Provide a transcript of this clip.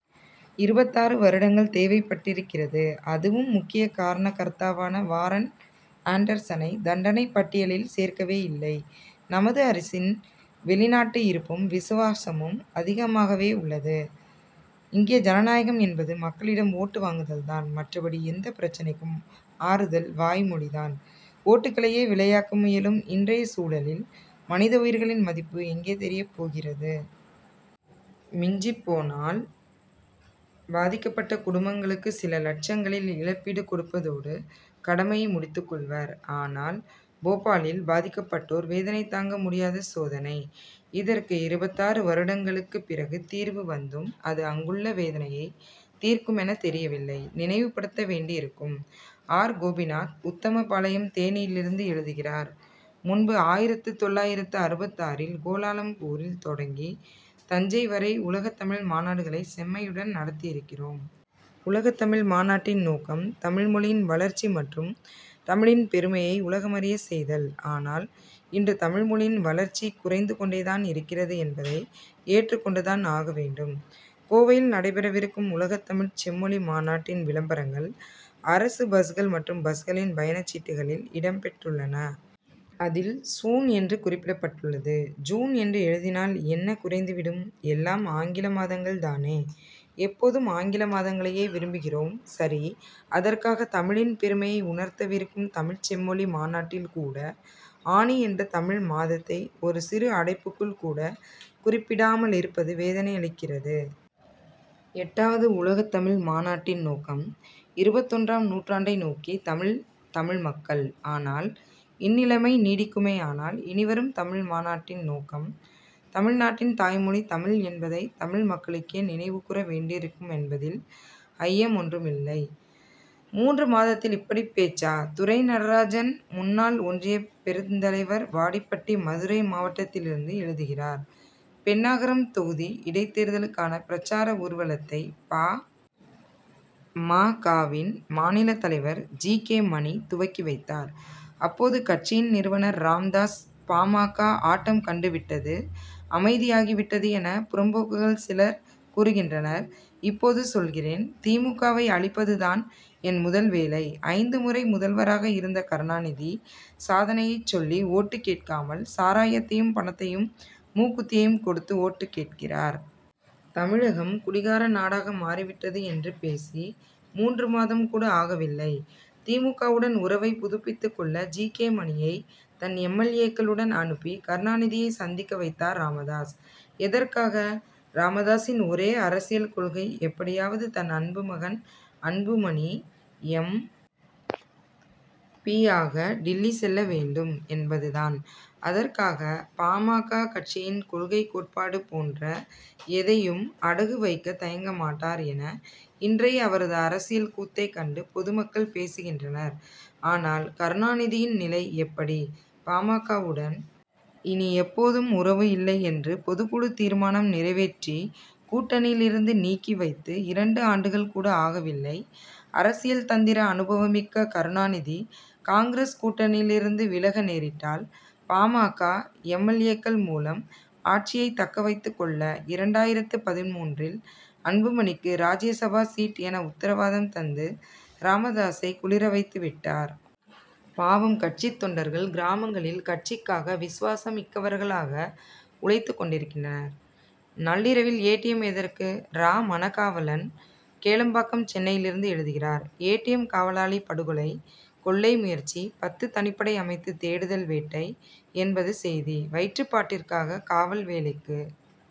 இருபத்தாறு வருடங்கள் தேவைப்பட்டிருக்கிறது. அதுவும் முக்கிய காரணகர்த்தாவான வாரன் ஆன்டர்சனை தண்டனைப் பட்டியலில் சேர்க்கவே இல்லை. நமது அரசின் வெளிநாட்டு ஈர்ப்பும் விசுவாசமும் அதிகமாகவே உள்ளது. இங்கே ஜனநாயகம் என்பது மக்களிடம் ஓட்டு வாங்குதல் தான். மற்றபடி எந்தப் பிரச்னைக்கும் ஆறுதல் வாய்மொழி தான்! ஓட்டுக்களையே விலையாக்க முயலும் இன்றைய சூழலில் மனித உயிர்களின் மதிப்பு எங்கே தெரியப் போகிறது? மிஞ்சிப் போனால் பாதிக்கப்பட்ட குடும்பங்களுக்கு சில லட்சங்களில் இழப்பீடு கொடுப்பதோடு கடமையை முடித்துக் கொள்வர். ஆனால் போபாலில் பாதிக்கப்பட்டோர் வேதனை தாங்க முடியாத சோதனை. இதற்கு இருபத்தாறு வருடங்களுக்கு பிறகு தீர்வு வந்தும் அது அங்குள்ள வேதனையை தீர்க்குமென தெரியவில்லை. நினைவுபடுத்த வேண்டியிருக்கும்! ஆர். கோபிநாத் உத்தமபாளையம் தேனியிலிருந்து எழுதுகிறார் முன்பு ஆயிரத்து தொள்ளாயிரத்து அறுபத்தாறில் கோலாலம்பூரில் தொடங்கி தஞ்சை வரை உலகத் தமிழ் மாநாடுகளை செம்மையுடன் நடத்தி இருக்கிறோம். உலகத் தமிழ் மாநாட்டின் நோக்கம் தமிழ் மொழியின் வளர்ச்சி மற்றும் தமிழின் பெருமையை உலகமறியச் செய்தல்! ஆனால் இன்று தமிழ் மொழியின் வளர்ச்சி குறைந்து கொண்டேதான் இருக்கிறது என்பதை ஏற்றுக்கொண்டுதான் ஆக வேண்டும். கோவையில் நடைபெறவிருக்கும் உலகத்தமிழ்ச் செம்மொழி மாநாட்டின் விளம்பரங்கள் அரசு பஸ்கள் மற்றும் பஸ்களின் பயணச் சீட்டுகளில் இடம் பெற்றுள்ளன. அதில் சூன் என்று குறிப்பிடப்பட்டுள்ளது. ஜூன் என்று எழுதினால் என்ன குறைந்து விடும்? எல்லாம் ஆங்கில மாதங்கள் தானே! எப்போதும் ஆங்கில மாதங்களையே விரும்புகிறோம் சரி! அதற்காக தமிழின் பெருமையை உணர்த்தவிருக்கும் தமிழ்ச் செம்மொழி மாநாட்டில் கூட ஆனி என்ற தமிழ் மாதத்தை ஒரு சிறு அடைப்புக்குள் கூட குறிப்பிடாமலிருப்பது வேதனையளிக்கிறது. எட்டாவது உலகத்தமிழ் மாநாட்டின் நோக்கம் இருபத்தொன்றாம் நூற்றாண்டை நோக்கி தமிழ் தமிழ் மக்கள்! ஆனால் இந்நிலைமை நீடிக்குமேயானால் இனிவரும் தமிழ் மாநாட்டின் நோக்கம் தமிழ்நாட்டின் தாய்மொழி தமிழ் என்பதை தமிழ் மக்களுக்கே நினைவுகூற வேண்டியிருக்குமென்பதில் ஐயம் ஒன்றுமில்லை. மூன்று மாதத்தில் இப்படிப் பேச்சா? துரை. நடராஜன் முன்னாள் ஒன்றியப் பெருந்தலைவர் வாடிப்பட்டி மதுரை மாவட்டத்திலிருந்து எழுதுகிறார் பென்னாகரம் தொகுதி இடைத்தேர்தலுக்கான பிரசார ஊர்வலத்தை பா. ம. க.வின் மாநில தலைவர் ஜி. கே. மணி துவக்கி வைத்தார். அப்போது கட்சியின் நிறுவனர் ராமதாஸ் பா. ம. க. ஆட்டம் கண்டுவிட்டது அமைதியாகிவிட்டது என புறம்போக்குகள் சிலர் கூறுகின்றனர். இப்போது சொல்கிறேன்தி. மு. க.வை அழிப்பதுதான் என் முதல் வேலை. ஐந்து முறை முதல்வராக இருந்த கருணாநிதி சாதனையைச் சொல்லி ஓட்டு கேட்காமல் சாராயத்தையும் பணத்தையும் மூக்குத்தியையும் கொடுத்து ஓட்டு கேட்கிறார். தமிழகம் குடிகார நாடாக மாறிவிட்டது' என்று பேசி மூன்று மாதம் கூட ஆகவில்லை. தி. மு. க.வுடன் உறவை புதுப்பித்துக் கொள்ள ஜி. கே. மணியை தன் எம். எல். ஏ.க்களுடன் அனுப்பி கருணாநிதியை சந்திக்க வைத்தார் ராமதாஸ். எதற்காக? ராமதாசின் ஒரே அரசியல் கொள்கை எப்படியாவது தன் அன்பு மகன் அன்புமணி எம். பி.யாக டில்லி செல்ல வேண்டும் என்பதுதான்! அதற்காக பா. ம. க. கட்சியின் கொள்கை கோட்பாடு போன்ற எதையும் அடகு வைக்க தயங்க மாட்டார்' என இன்றைய அவரது அரசியல் கூத்தை கண்டு பொதுமக்கள் பேசுகின்றனர். ஆனால் கருணாநிதியின் நிலை எப்படி? பா. ம. க.வுடன் இனி எப்போதும் உறவு இல்லை' என்று பொதுக்குழு தீர்மானம் நிறைவேற்றி கூட்டணியிலிருந்து நீக்கி வைத்து இரண்டு ஆண்டுகள் கூட ஆகவில்லை! அரசியல் தந்திர அனுபவமிக்க கருணாநிதி காங்கிரஸ் கூட்டணியிலிருந்து விலக நேரிட்டால் பா. ம. க. எம். எல். ஏக்கள் மூலம் ஆட்சியை தக்கவைத்துக் கொள்ள இரண்டாயிரத்து பதின்மூன்றில் அன்புமணிக்கு ராஜ்யசபா சீட்' என உத்தரவாதம் தந்து ராமதாசை குளிர வைத்துவிட்டார்! பாவம் கட்சித் தொண்டர்கள்கிராமங்களில் கட்சிக்காக விசுவாசமிக்கவர்களாக உழைத்துக் கொண்டிருக்கின்றனர். நள்ளிரவில் ஏ. டி. எம். எதற்கு? இரா. மனகாவலன் கேளம்பாக்கம் சென்னையிலிருந்து எழுதுகிறார் ஏ. டி. எம். காவலாளி படுகொலை. கொள்ளை முயற்சி. பத்து தனிப்படை அமைத்து தேடுதல் வேட்டை என்பது செய்தி. வயிற்றுப்பாட்டிற்காக காவல் வேலைக்கு